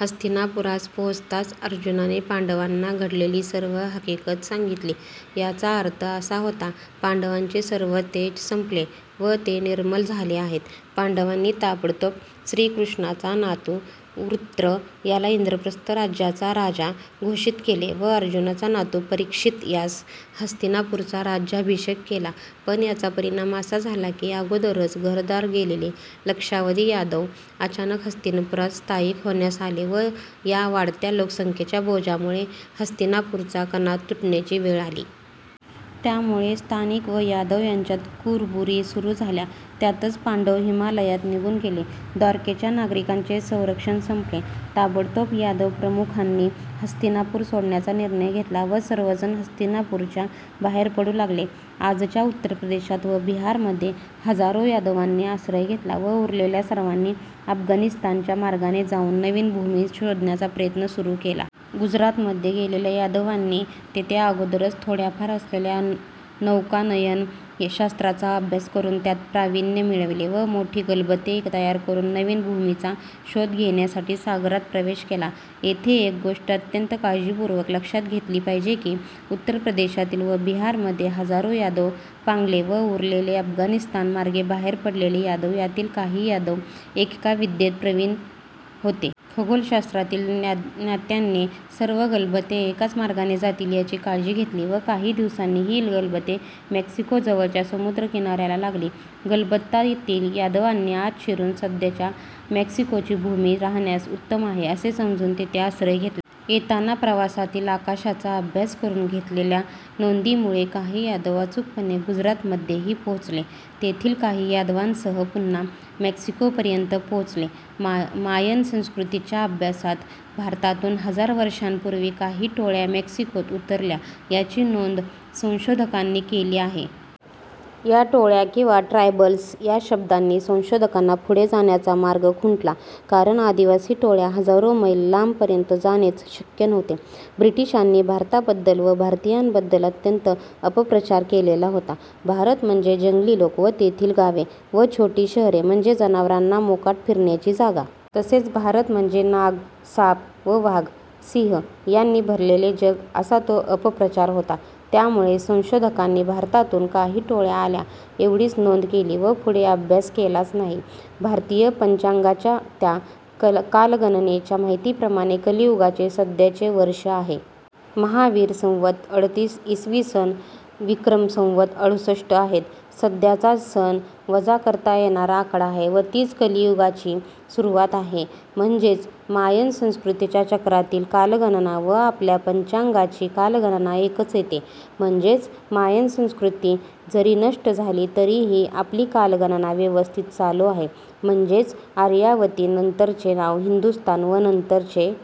हस्तिनापुरास पोहोचताच अर्जुनाने पांडवांना घडलेली सर्व हकीकत सांगितली. त्याचा अर्थ असा होता पांडवांचे सर्व तेज संपले व ते निर्मल झाले आहेत. पांडवांनी ताबडतोब श्रीकृष्णाचा नातू वृत्र याला इंद्रप्रस्थ राज्याचा राजा घोषित केले व अर्जुनाचा नातू परीक्षित यास हस्तिनापूरचा राज्याभिषेक केला पण याचा परिणाम असा झाला की अगोदरच घरदार गेलेले लक्षावधी यादव अचानक हस्तिनापुरात स्थायिक होण्यास आले व या वाढत्या लोकसंख्येच्या बोजामुळे हस्तिनापूरचा कणा तुटण्याची वेळ आली. त्यामुळे स्थानिक व यादव यांच्यात कुरबुरी सुरू झाल्या. त्यातच पांडव हिमालयात निघून गेले. द्वारकेच्या नागरिकांचे संरक्षण संपले. ताबडतोब यादव प्रमुखांनी हस्तिनापुर सोडण्याचा निर्णय घेतला व सर्वजण हस्तिनापूरच्या बाहेर पडू लागले. आजच्या उत्तर प्रदेशात व बिहारमध्ये हजारो यादवांनी आश्रय घेतला व उरलेल्या सर्वांनी अफगाणिस्तानच्या मार्गाने जाऊन नवीन भूमी शोधण्याचा प्रयत्न सुरू केला. गुजरातमध्ये गेलेल्या यादवांनी तेथे अगोदरच थोड्याफार असलेल्या नौकानयन शास्त्राचा अभ्यास करून त्यात प्रावीण्य मिळविले व मोठी गलबते तयार करून नवीन भूमीचा शोध घेण्यासाठी सागरात प्रवेश केला. येथे एक गोष्ट अत्यंत काळजीपूर्वक लक्षात घेतली पाहिजे की उत्तर प्रदेशातील व बिहारमध्ये हजारो यादव पांगले व उरलेले अफगाणिस्तान मार्गे बाहेर पडलेले यादव यातील काही यादव एकेका विद्येत प्रवीण होते. खगोलशास्त्रातील ज्ञात्यांनी सर्व गलबते एकाच मार्गाने जातील याची काळजी घेतली व काही दिवसांनी ही गलबते मेक्सिको जवळच्या समुद्रकिनाऱ्याला लागली. गलबतातील यादवांनी आत शिरून सध्याच्या मेक्सिकोची भूमी राहण्यास उत्तम आहे असे समजून तेथे आश्रय घेतला. येताना प्रवासातील आकाशाचा अभ्यास करून घेतलेल्या नोंदीमुळे काही यादव अचूकपणे गुजरातमध्येही पोहोचले. तेथील काही यादवांसह पुन्हा मॅक्सिकोपर्यंत पोहोचले. मायन संस्कृतीच्या अभ्यासात भारतातून हजार वर्षांपूर्वी काही टोळ्या मेक्सिकोत उतरल्या याची नोंद संशोधकांनी केली आहे. या टोळ्या किंवा ट्रायबल्स या शब्दांनी संशोधकांना पुढे जाण्याचा मार्ग खुंटला कारण आदिवासी टोळ्या हजारो मैल लांबपर्यंत जाणेच शक्य नव्हते. ब्रिटिशांनी भारताबद्दल व भारतीयांबद्दल अत्यंत अपप्रचार केलेला होता. भारत म्हणजे जंगली लोक व तेथील गावे व छोटी शहरे म्हणजे जनावरांना मोकाट फिरण्याची जागा. तसेच भारत म्हणजे नाग, साप व वाघ, सिंह यांनी भरलेले जग असा तो अपप्रचार होता. त्यामुळे संशोधकांनी भारतातून काही टोळ्या आल्या एवढीच नोंद केली व पुढे अभ्यास केलाच नाही. भारतीय पंचांगाच्या त्या कालगणनेच्या माहितीप्रमाणे कलियुगाचे सध्याचे वर्ष आहे. महावीर संवत अडतीस इ. स. विक्रम संवत अडुसष्ट आहेत. सध्याचा सन वजा करता येणारा आकडा आहे व तीच कलियुगाची सुरुवात आहे. म्हणजेच मायन संस्कृतीच्या चक्रातील कालगणना व आपल्या पंचांगाची कालगणना एकच येते. म्हणजेच मायन संस्कृती जरी नष्ट झाली तरीही आपली कालगणना व्यवस्थित चालू आहे. म्हणजेच आर्यावती नंतरचे नाव हिंदुस्तान व नंतरचे